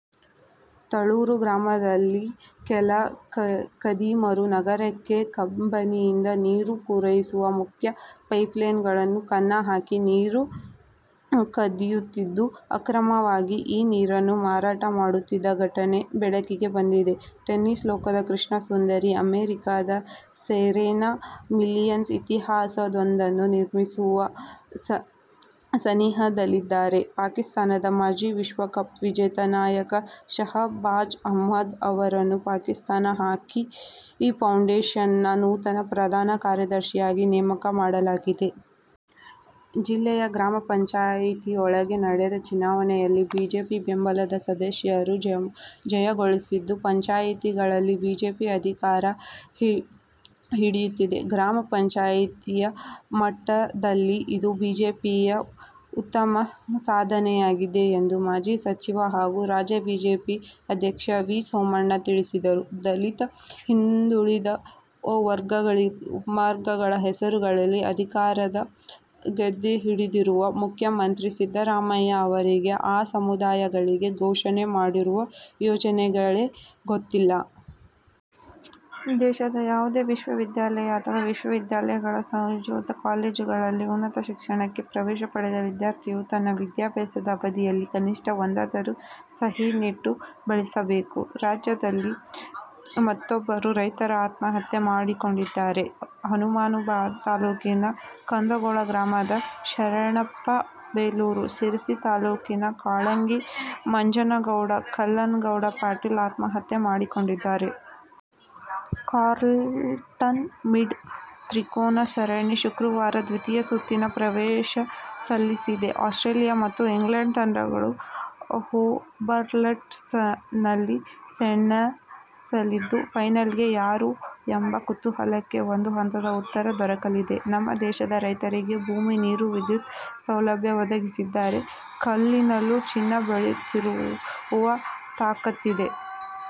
ತಳೂರು ಗ್ರಾಮದಲ್ಲಿ ಕೆಲ ಖದೀಮರು ನಗರಕ್ಕೆ ಕಬಿನಿಯಿಂದ ನೀರು ಪೂರೈಸುವ ಮುಖ್ಯ ಪೈಪ್ಲೈನ್ಗೆ ಕನ್ನ ಹಾಕಿ ನೀರು ಕದಿಯುತ್ತಿದ್ದು, ಅಕ್ರಮವಾಗಿ ಈ ನೀರನ್ನು ಮಾರಾಟ ಮಾಡುತ್ತಿದ್ದ ಘಟನೆ ಬೆಳಕಿಗೆ ಬಂದಿದೆ. ಟೆನ್ನಿಸ್ ಲೋಕದ ಕೃಷ್ಣ ಸುಂದರಿ, ಅಮೆರಿಕದ ಸೆರೆನಾ ವಿಲಿಯಮ್ಸ್ ಇತಿಹಾಸವೊಂದನ್ನು ನಿರ್ಮಿಸುವ ಸನಿಹದಲ್ಲಿದ್ದಾರೆ. ಪಾಕಿಸ್ಥಾನದ ಮಾಜಿ ವಿಶ್ವ ಕಪ್ ವಿಜೇತ ನಾಯಕ ಶಹಬಾಜ್ ಅಹ್ಮದ್ ಅವರನ್ನು ಪಾಕಿಸ್ಥಾನ ಹಾಕಿ ಫೆಡರೇಶನ್ ನ ನೂತನ ಪ್ರಧಾನ ಕಾರ್ಯದರ್ಶಿಯಾಗಿ ನೇಮಕ ಮಾಡಲಾಗಿದೆ. ಜಿಲ್ಲೆಯ ಗ್ರಾಮ ಪಂಚಾಯಿತಿಗಳಿಗೆ ನಡೆದ ಚುನಾವಣೆಯಲ್ಲಿ ಬಿಜೆಪಿ ಬೆಂಬಲಿತ ಸದಸ್ಯರು ಜಯಗಳಿಸಿದ್ದು, ಪಂಚಾಯಿತಿಗಳಲ್ಲಿ ಬಿಜೆಪಿ ಅಧಿಕಾರ ಹಿಡಿದಿದೆ. ಗ್ರಾಮ ಪಂಚಾಯಿತಿ ಮಟ್ಟದಲ್ಲಿ ಇದು ಬಿಜೆಪಿಯ ಉತ್ತಮ ಸಾಧನೆಯಾಗಿದೆ ಎಂದು ಮಾಜಿ ಸಚಿವ ಹಾಗೂ ರಾಜ್ಯ ಬಿಜೆಪಿ ಉಪಾಧ್ಯಕ್ಷ ವಿ. ಸೋಮಣ್ಣ ತಿಳಿಸಿದರು. "ದಲಿತ, ಹಿಂದುಳಿದ ವರ್ಗದ ಹೆಸರಲ್ಲಿ ಅಧಿಕಾರದ ಗದ್ದುಗೆ ಹಿಡಿದಿರುವ ಮುಖ್ಯಮಂತ್ರಿ ಸಿದ್ದರಾಮಯ್ಯ ಅವರಿಗೆ ಆ ಸಮುದಾಯಗಳಿಗಾಗಿ ಘೋಷಣೆ ಮಾಡಿರುವ ಯೋಜನೆಗಳೇ ಗೊತ್ತಿಲ್ಲ. ದೇಶದ ಯಾವುದೇ ವಿಶ್ವವಿದ್ಯಾಲಯ ಅಥವಾ ವಿಶ್ವವಿದ್ಯಾಲಯಗಳ ಸಂಯೋಜಿತ ಕಾಲೇಜುಗಳಲ್ಲಿ ಉನ್ನತ ಶಿಕ್ಷಣಕ್ಕೆ ಪ್ರವೇಶ ಪಡೆದ ವಿದ್ಯಾರ್ಥಿಯು ತನ್ನ ವಿದ್ಯಾಭ್ಯಾಸದ ಅವಧಿಯಲ್ಲಿ ಕನಿಷ್ಠ ಒಂದಾದರೂ ಸಸಿ ನೆಟ್ಟು ಬೆಳೆಸಬೇಕು. ರಾಜ್ಯದಲ್ಲಿ ಮತ್ತಿಬ್ಬರು ರೈತರು ಆತ್ಮಹತ್ಯೆ ಮಾಡಿಕೊಂಡಿದ್ದಾರೆ. ಹುಮನಾಬಾದ ತಾಲೂಕಿನ ಕಂದಗೂಳ ಗ್ರಾಮದ ಶರಣಪ್ಪ ಬೆಲೂರು, ಶಿರಸಿ ತಾಲೂಕಿನ ಕಾಳಂಗಿಯ ಮಂಜನಗೌಡ ಕಲ್ಲನ ಗೌಡ ಪಾಟೀಲ ಆತ್ಮಹತ್ಯೆ ಮಾಡಿಕೊಂಡಿದ್ದಾರೆ. "ಕಾರ್ಲ್ ಟನ್ ಮಿಡ್' ತ್ರಿಕೋನ ಸರಣಿ ಶುಕ್ರವಾರ ದ್ವಿತೀಯ ಸುತ್ತು ಪ್ರವೇ ಶಿಸಲಿದೆ. ಆಸ್ಟ್ರೇಲಿಯ ಮತ್ತು ಇಂಗ್ಲೆಂಡ್ ತಂಡಗಳು ಹೋಬರ್ಟ್ ನಲ್ಲಿ ಸೆಣಸಲಿದ್ದು, ಫೈನಲ್ಗೆ ಯಾರು ಎಂಬ ಕುತೂಹಲಕ್ಕೆ ಒಂದು ಹಂತದ ಉತ್ತರ ದೊರಕಲಿದೆ. "ನಮ್ಮ ದೇಶದ ರೈತರಿಗೆ ಭೂಮಿ, ನೀರು, ವಿದ್ಯುತ್ ಸೌಲಭ್ಯ ಒದಗಿಸಿದರೆ ಕಲ್ಲಿನಲ್ಲೂ ಚಿನ್ನ ಬೆಳೆಯುವ ತಾಕತ್ತಿದೆ.